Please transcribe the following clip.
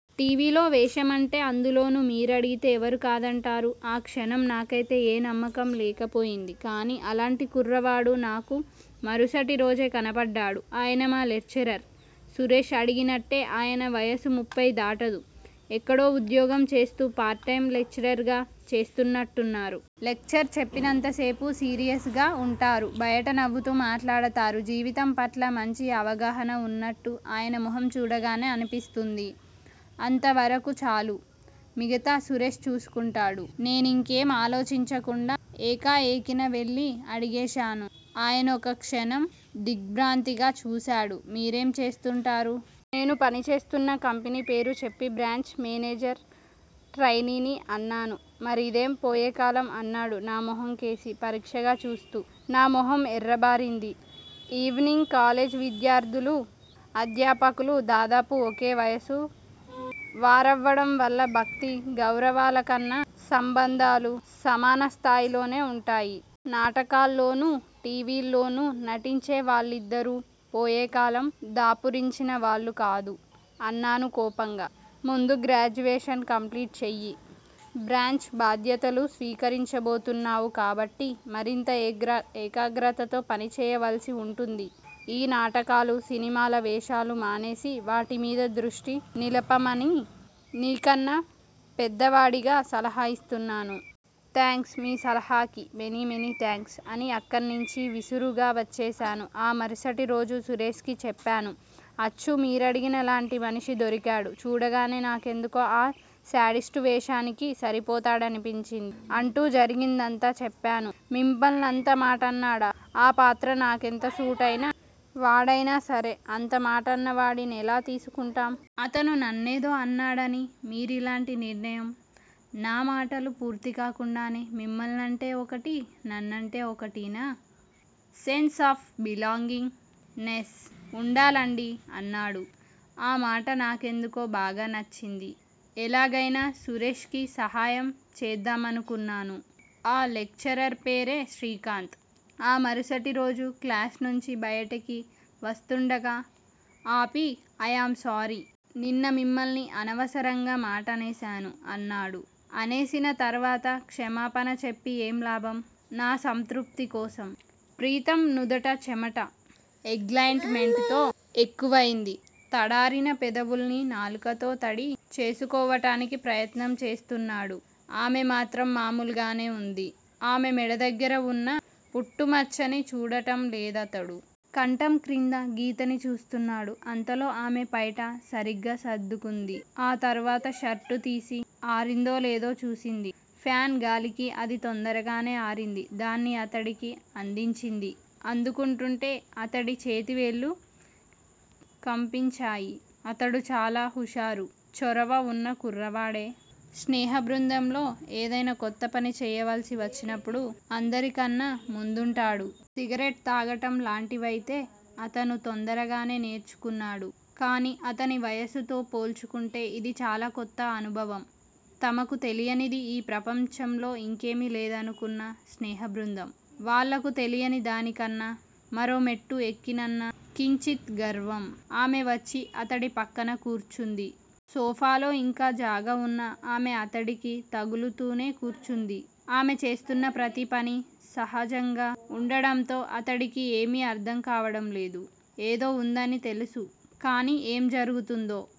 Tea. V. లో వేషమంటే- అందులోనూ మీరడిగితే ఎవరు కాదంటారు? ఆ క్షణం నాకైతే ఏ నమ్మకం లేకపోయింది కానీ అలాంటి కుర్రవాడు నాకు మరుసటిరోజే కనబడ్డాడు. ఆయన మా లెక్చరర్. సురేష్ అడిగినట్టే ఆయన వయస్సు ముప్పై దాటదు. ఎక్కడో ఉద్యోగం చేస్తూ పార్ట్ టైమ్ లెక్చరర్ గా చేస్తున్నట్టున్నారు. లెక్చర్ చెప్పినంతసేపూ సీరియస్ గా వుంటారు. బయట నవ్వుతూ మాట్లాడతారు. జీవితం పట్ల మంచి అవగాహన వున్నట్టు ఆయన మొహం చూడగానే అనిపిస్తూంది. అంతవరకూ చాలు. మిగతాది సురేష్ చూసుకుంటాడు. నేనింకేమీ ఆలోచించకుండా ఎకాఎకిన వెళ్ళి అడిగేశాను. ఆయనొక క్షణం దిగ్భ్రాంతిగా చూశాడు. మీరేం చేస్తుంటారు? నేను పనిచేస్తున్న కంపెనీ పేరు చెప్పి, బ్రాంచ్ మేనేజర్ ట్రైనీని అన్నాను. మరిదేం పోయేకాలం? అన్నాడు నా మొహంకేసి పరీక్షగా చూస్తూ. నా మొహం ఎర్రబారింది. ఈవెనింగ్ కాలేజీలో విద్యార్థులూ, అధ్యాపకులూ దాదాపు ఒకే వయసు వారవడం వల్ల భక్తి, గౌరవాలకన్నా సంబంధాలు సమానస్థాయిలోనే వుంటాయి. నాటకాల్లోనూ, టీవీల్లోనూ నటించే వాళ్ళందరూ పోయేకాలం దాపురించిన వాళ్ళు కాదు! అన్నాను కోపంగా. ముందు గ్రాడ్యుయేషన్ కంప్లీట్ చెయ్యి. బ్రాంచ్ బాధ్యతలు స్వీకరించబోతున్నావు కాబట్టి మరింత ఏకాగ్రతతో పనిచేయవలసి వుంటుంది. ఈ నాటకాలు, సినిమాల వేషాలు మానేసి వాటిమీద దృష్టి నిలపమని నీకన్నా పెద్దవాడిగా సలహా యిస్తున్నాను! థాంక్స్! మీ సలహాకి మెనీ మెనీ థాంక్స్! అని అక్కణ్ణించి విసురుగా వచ్చేశాను. ఆ మరుసటిరోజు సురేష్ కి చెప్పాను- అచ్చు మీరడిగినలాంటి మనిషి దొరికాడు. చూడగనే నాకెందుకో ఆ శాడిస్టువేషానికి సరిపోతాడనిపించింది! అంటూ జరిగినదంతా చెప్పాను. మిమ్మల్నంత మాటన్నాడా! ఆ పాత్ర నాకెంత సూటైన వాడైనా సరే అంత మాటన్నవాడి నెలా తీసుకుంటాం? అతను నన్నేదో అన్నాడని మీరిలాంటి నిర్ణయం నా మాటలు పూర్తికాకుండానే, మిమ్మల్నంటే ఒకటీ, నన్నంటే ఒకటీనా? సెన్స్ ఆఫ్ బిలాంగింగ్ నెస్ వుండాలండీ! అన్నాడు. ఆ మాట నాకెందుకో బాగా నచ్చింది. ఎలాగైనా సురేష్ కి సహాయం చేద్దామనుకున్నాను. ఆ లెక్చరర్ పేరే శ్రీకాంత్. ఆ మరుసటిరోజు క్లాసునుంచి బయటికి వస్తూండగా ఆపి, అయామ్ సారీ! నిన్న మిమ్మల్ని అనవసరంగా మాటనేశాను! అన్నాడు. అనేసిన తర్వాత క్షమాపణ చెప్పి ఏం లాభం? నా సంతృప్తి కోసం. ప్రీతమ్ నుదుట చెమట ఎగ్లయిట్ మెంట్ తో ఎక్కువైంది. తడారిన పెదవుల్ని నాలుకతో తడి చేసుకోవటానికి ప్రయత్నం చేస్తున్నాడు. ఆమె మాత్రం మామూలుగానే వుంది. ఆమె మెడ దగ్గిర వున్న పుట్టుమచ్చని చూడటం లేదతడు. కంఠం క్రింద గీతని చూస్తున్నాడు. అంతలో ఆమె పైట సరిగ్గా సర్దుకుంది. ఆ తరువాత షర్టుతీసి ఆరిందోలేదో చూసింది. ఫాన్ గాలికి అది తొందరగానే ఆరింది. దాన్ని అతడికి అందించింది. అందుకుంటూంటే అతడి చేతివేళ్ళు కంపించాయి. అతడు చాలా హుషారు, చొరవ వున్న కుర్రవాడే. స్నేహబృందంలో ఏదైనా కొత్త పని చేయవలసి వచ్చినప్పుడు అందరికన్నా ముందుంటాడు. సిగరెట్స్ తాగటం లాటివైతే అతను తొందరగానే నేర్చుకున్నాడు. కానీ అతని వయస్సుతో పోల్చుకుంటే ఇది చాలా కొత్త అనుభవం. తమకు తెలియనిది ఈ ప్రపంచంలో ఇంకేమీ లేదనుకున్న స్నేహబృందం- వాళ్ళకు తెలియని దానికన్నా మరోమెట్టు ఎక్కానన్న కించిత్ గర్వం. ఆమె వచ్చి అతడి పక్కన కూర్చుంది. సోఫాలో ఇంకా జాగా వున్నా, ఆమె అతడికి తగుల్తూనే కూర్చుంది. ఆమె చేస్తున్న ప్రతీ పని సహజంగా వుండటంతో అతడికి ఏమీ అర్థంకావడంలేదు. ఏదో వుందని తెలుసు-కానీ ఏం జరుగుతూందో